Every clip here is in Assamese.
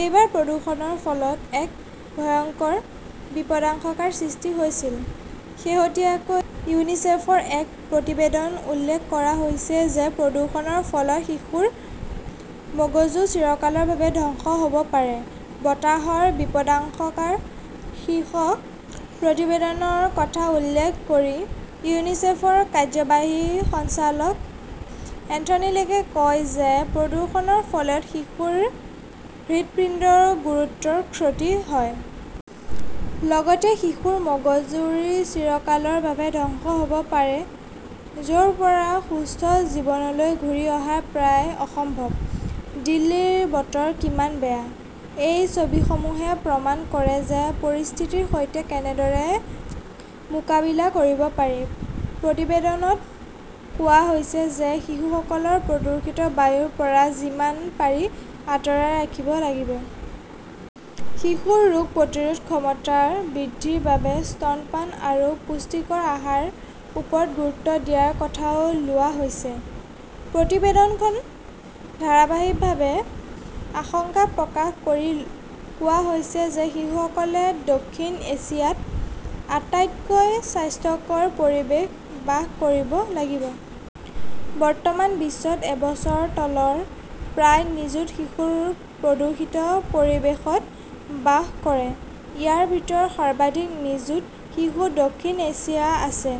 এইবাৰ প্ৰদূষণৰ ফলত এক ভয়ংকৰ বিপদাশংকাৰ সৃষ্টি হৈছিল। শেহতীয়াকৈ ইউনিচেফৰ এক প্ৰতিবেদনত উল্লেখ কৰা হৈছে যে প্ৰদূষণৰ ফলত শিশুৰ মগজু চিৰকালৰ বাবে ধ্বংস হ 'ব পাৰে। 'বতাহত বিপদাশংকা শীৰ্ষক প্ৰতিবেদনৰ কথা উল্লেখ কৰি ইউনিচেফৰ কাৰ্যবাহী সঞ্চালক এন্থনী লেকে কয় যে প্ৰদূষণৰ ফলত শিশুৰ হৃদপিণ্ডৰ গুৰুতৰ ক্ষতি হয়। লগতে শিশুৰ মগজু চিৰকালৰ বাবে ধ্বংস হব পাৰে। য 'ৰ পৰা সুস্থ জীৱনলৈ ঘূৰি অহা প্ৰায় অসম্ভৱ। দিল্লীৰ বতৰ কিমান বেয়া? এই ছবিসমূহে প্ৰমাণ কৰে যে পৰিস্থিতিৰ সৈতে কেনেদৰে মোকাবিলা কৰিব পাৰি? প্ৰতিবেদনত কোৱা হৈছে যে শিশুসকলৰ প্ৰদূষিত বায়ুৰ পৰা যিমান পাৰি আঁতৰাই ৰাখিব লাগিব। শিশুৰ ৰোগ প্ৰতিৰোধ ক্ষমতা বৃদ্ধিৰ বাবে স্তনপান আৰু পুষ্টিকৰ আহাৰ ওপৰত গুৰুত্ব দিয়াৰ কথাও লোৱা হৈছে। প্ৰতিবেদনখনত ধাৰাবাহিকভাৱে আশংকা প্ৰকাশ কৰি কোৱা হৈছে যে শিশুসকলে দক্ষিণ এছিয়াত আটাইতকৈ স্বাস্থ্যকৰ পৰিৱেশ বাস কৰিব লাগিব। বৰ্তমান বিশ্বত এবছৰৰ তলৰ প্ৰায় নিযুত শিশু দূষিত পৰিৱেশত বাস কৰে। ইয়াৰ ভিতৰত সৰ্বাধিক নিযুত শিশু দক্ষিণ এছিয়াত আছে।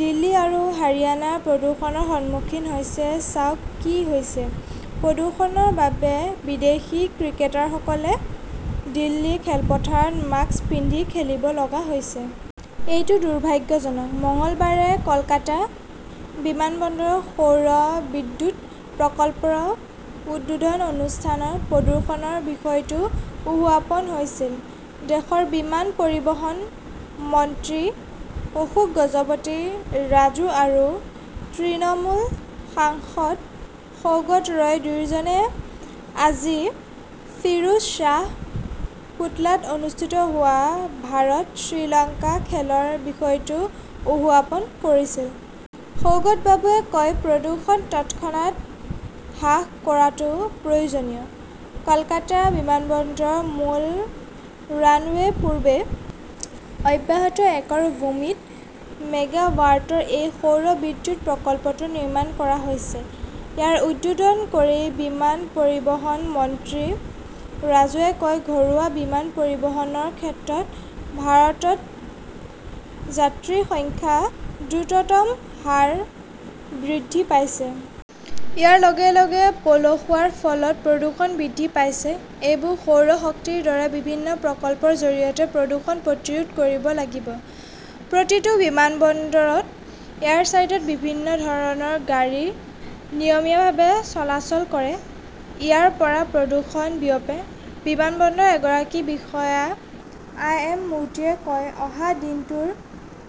দিল্লী আৰু হাৰিয়ানা প্ৰদূষণৰ সন্মুখীন হৈছে চাওক কি হৈছে! প্ৰদূষণৰ বাবে বিদেশী ক্ৰিকেটাৰসকলে দিল্লীৰ খেলপথাৰত মাস্ক পিন্ধি খেলিব লগা হৈছে। এইটো দুৰ্ভাগ্যজনক! মঙলবাৰে কলকাতা বিমানবন্দৰত সৌৰ বিদ্যুৎ প্ৰকল্প উদ্বোধন অনুষ্ঠানত প্ৰদূষণৰ বিষয়টো উহাপন হৈছিল। দেশৰ বিমান পৰিবহণ মন্ত্ৰী অশোক গজপতি ৰাজু আৰু তৃণমূল সাংসদ সৌগত ৰয় দুয়োজনে আজি ফিৰোজ শ্বাহ কোটলাত অনুষ্ঠিত হোৱা ভাৰত-শ্ৰীলংকা খেলৰ বিষয়টো উহাপন কৰিছিল। সৌগতবাবুৱে কয়, প্ৰদূষণ তৎক্ষণাত হ্ৰাস কৰাটো প্ৰয়োজনীয়। কলকাতা বিমানবন্দৰৰ মূল ৰানৱেৰ পূৰ্বে অব্যহত একৰ ভূমিত মেগাৱাটৰ এই সৌৰ বিদ্যুৎ প্ৰকল্পটো নিৰ্মাণ কৰা হৈছে। ইয়াৰ উদ্বোধন কৰি বিমান পৰিবহণ মন্ত্ৰী ৰাজুৱে কয়, ঘৰুৱা বিমান পৰিবহণৰ ক্ষেত্ৰত ভাৰতত যাত্ৰীৰ সংখ্যা দ্ৰুততম হাৰ বৃদ্ধি পাইছে। ইয়াৰ লগে লগে পলসুৱাৰ ফলত প্ৰদূষণ বৃদ্ধি পাইছে। এইবোৰ সৌৰ শক্তিৰ দৰে বিভিন্ন প্ৰকল্পৰ জৰিয়তে প্ৰদূষণ প্ৰতিৰোধ কৰিব লাগিব। প্ৰতিটো বিমানবন্দৰত এয়াৰচাইডত বিভিন্ন ধৰণৰ গাড়ী নিয়মীয়াভাৱে চলাচল কৰে। ইয়াৰ পৰাও প্ৰদূষণ বিয়পে। বিমানবন্দৰৰ এগৰাকী বিষয়া আই এম মূৰ্তিয়ে কয়, অহা দিনটোত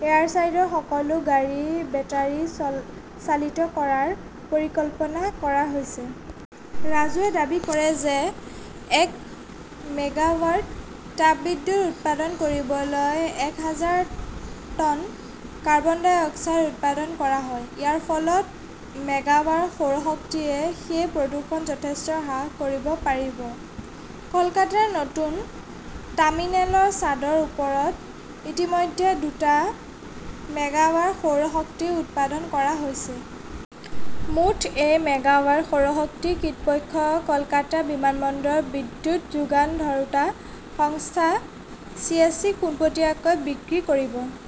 এয়াৰচাইডৰ সকলো গাড়ী বেটাৰি চালিত কৰাৰ পৰিকল্পনা কৰা হৈছে। ৰাজুৱে দাবী কৰে যে এক মেগাৱাট তাপবিদ্যুৎ উৎপাদন কৰিবলৈ এক হাজাৰ টন কাৰ্বন-ডাই অক্সাইড উৎপাদন কৰা হয়। ইয়াৰ ফলত মেগাৱাট সৌৰশক্তিয়ে সেই প্ৰদূষণ যথেষ্ট হ্ৰাস কৰিব পাৰিব। কলকাতাৰ নতুন টাৰ্মিনেলৰ ছাদৰ ওপৰত ইতিমধ্যে দুটা মেগাৱাট সৌৰ শক্তি উৎপাদন কৰা হৈছে। মুঠ এই মেগাৱাট সৌৰ শক্তি কৃতপক্ষই কলকাতা বিমানবন্দৰৰ বিদ্যুৎ যোগান ধৰোঁতা সংস্থা চিইএছচিক পোনপটীয়াকৈ বিক্ৰী কৰিব।